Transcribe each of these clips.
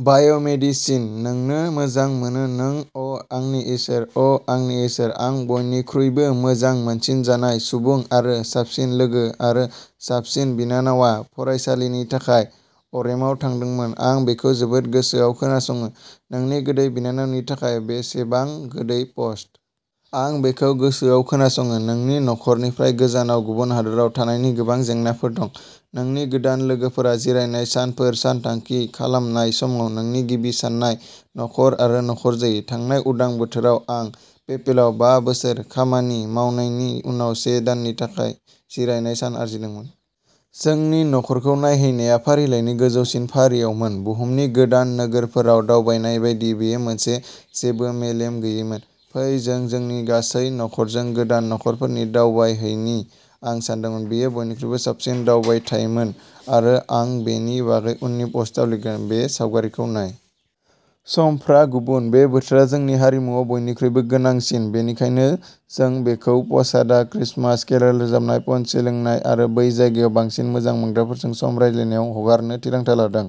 बाय' medicine. नोंनो मोजां मोनो नों अ' आंनि इसोर, अ' आंनि इसोर आंनि बयनिख्रुइबो मोजां मोनसिनजानाय सुबुं आरो साबसिन लोगो आरो साबसिन बिनानावआ फरायसालिनि थाखाय अरेमाव थांदोंमोन। आं बिखौ जोबोद गोसोआव खोनासङो। नोंनि गोदै बिनानावनि थाखाय बेसेबां गोदै पस्ट। आंबो बिखौ गोसोआव खोनासङो नोंनि नखरनिफ्राय गोजानाव गुबुन हादोराव थानायनि गोबां जेंनाफोर दं। नोंनि गोदान लोगोफोरा जिरायनाय सानफोर सानथांखि खालामनाय समाव नोंनि गिबि साननाय नखर आरो नखर जायो। थांनाय उदां बोथोराव, आं पेपेलाव बा बोसोर खामानि मावनायनि उनाव से दाननि थाखाय जिरायनाय सान आरजिदोंमोन। जोंनि नखरखौ नायहैनाया फारिलाइनि गोजौसिन फारियावमोन, बुहुमनि गोदान नोगोरफोराव दावबायनाय बायदि। बेयो मोनसे जेबो मेलेम गैयैमोन, फै जों जोंनि गासै नखरजों गोदान नखरफोरनि दावबायहैनि, आं सानदोंमोन। बेयो बयनिख्रुइ साबसिन दावबायथायमोन आरो आं बेनि बागै उननि पस्टआव लिरगोन, बे सावगारिखौ नाय। समफ्रा गुबुन, बे बोथोरा जोंनि हारिमुआव बयनिख्रुइबो गोनांसिन, बेनिखायनो जों बेखौ पसादा, क्रिसमास, केर'ल रोजाबनाय, पन्चे लोंनाय आरो बै जायगायाव बांसिन मोजां मोनग्राफोरजों सम रानलायनायाव हगारनो थिरांथा लादों,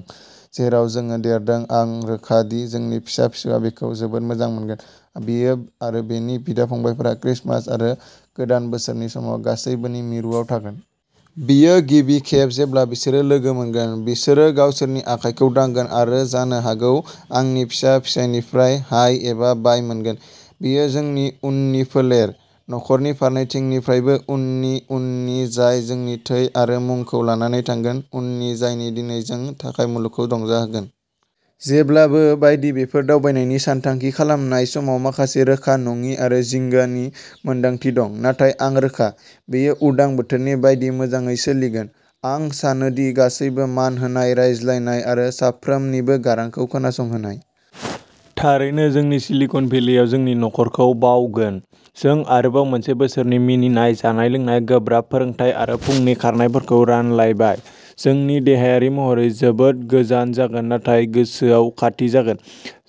जेराव जों देरदों। आं रोखा दि जोंनि फिसा फिसा बेखौ जोबोद मोजां मोनगोन, बियो आरो बिनि बिदा-फंबायफोरा क्रिसमास आरो गोदान बोसोरनि समाव गासैबोनि मिरुआव थागोन। बेयो गिबि खेब जेब्ला बिसोरो लोगो मोनगोन, बिसोरो गावसोरनि आखाइखौ दांगोन आरो जानो हागौ आंनि फिसा फिसानिफ्राय हाय एबा बाय मोनगोन। बेयो जोंनि उननि फोलेर, नखरनि फारनैथिंनिफ्रायबो उननि, उननि जाय जोंनि थै आरो मुंखौ लानानै थांगोन, उननि जाय दिनै जों थानाय मुलुगखौ रंजागोन। जेब्लाबो बायदि, बेफोर दावबायनायनि सानथांखि खालामनाय समाव माखासे रोखा नङि आरो जिंगानि मोनदांथि दं, नाथाय आं रोखा। बियो उदां बोथोरनि बायदि मोजाङै सोलिगोन। आं सानो दि गासिबो मान होनाय, रायज्लायनाय आरो साफ्रोमनिबो गारांखौ खोनासंहोनाय। थारैनो जों सिलिकन भेलियाव जोंनि नखरखौ बावगोन, जों आरोबाव मोनसे बोसोरनि मिनिनाय, जानाय-लोंनाय, गोब्राब फोरोंथाय आरो फुंनि खारनायफोरखौ रानलायबाय। जों देहायारि महरै जोबोद गोजान जागोन नाथाय गोसोयाव खाथि जागोन।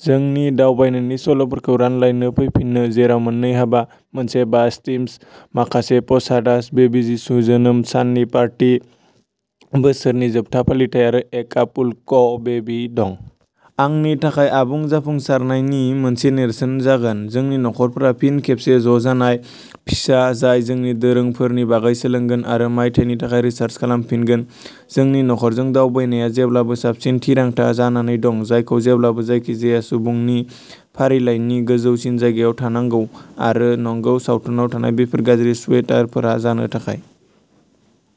जोंनि दावबायनायनि सल'फोरखौ रानलायनो फैफिनो, जेराव मोननै हाबा, मोनसे बासटिस्म, माखासे पसादास, बेबी जिसु जोनोम साननि पार्टी, बोसोरनि जोबथा फालिथाय आरो एकापुल्क'बेबी दं। आंनि थाखाय आबुं जाफुंसारनायनि मोनसे नेरसोन जागोन जोंनि नखरफोरा फिन खेबसे ज'जानाय, फिसा जाय जोंनि दोरोंफोरनि बागै सोलोंगोन आरो मायथाइनि थाखाय रिचार्ज खालामफिनगोन। जोंनि नखरजों दावबायनाया जेब्लाबो साबसिन थिरांथा जानानै दं, जायखौ जेब्लाबो जायखिजाया सुबुंनि फारिलाइनि गोजौसिन जायगायाव थानांगौ। आरो नंगौ, सावथुनाव थानाय बैफोर गाज्रि स्वेटारफोरा जानो थाखाय।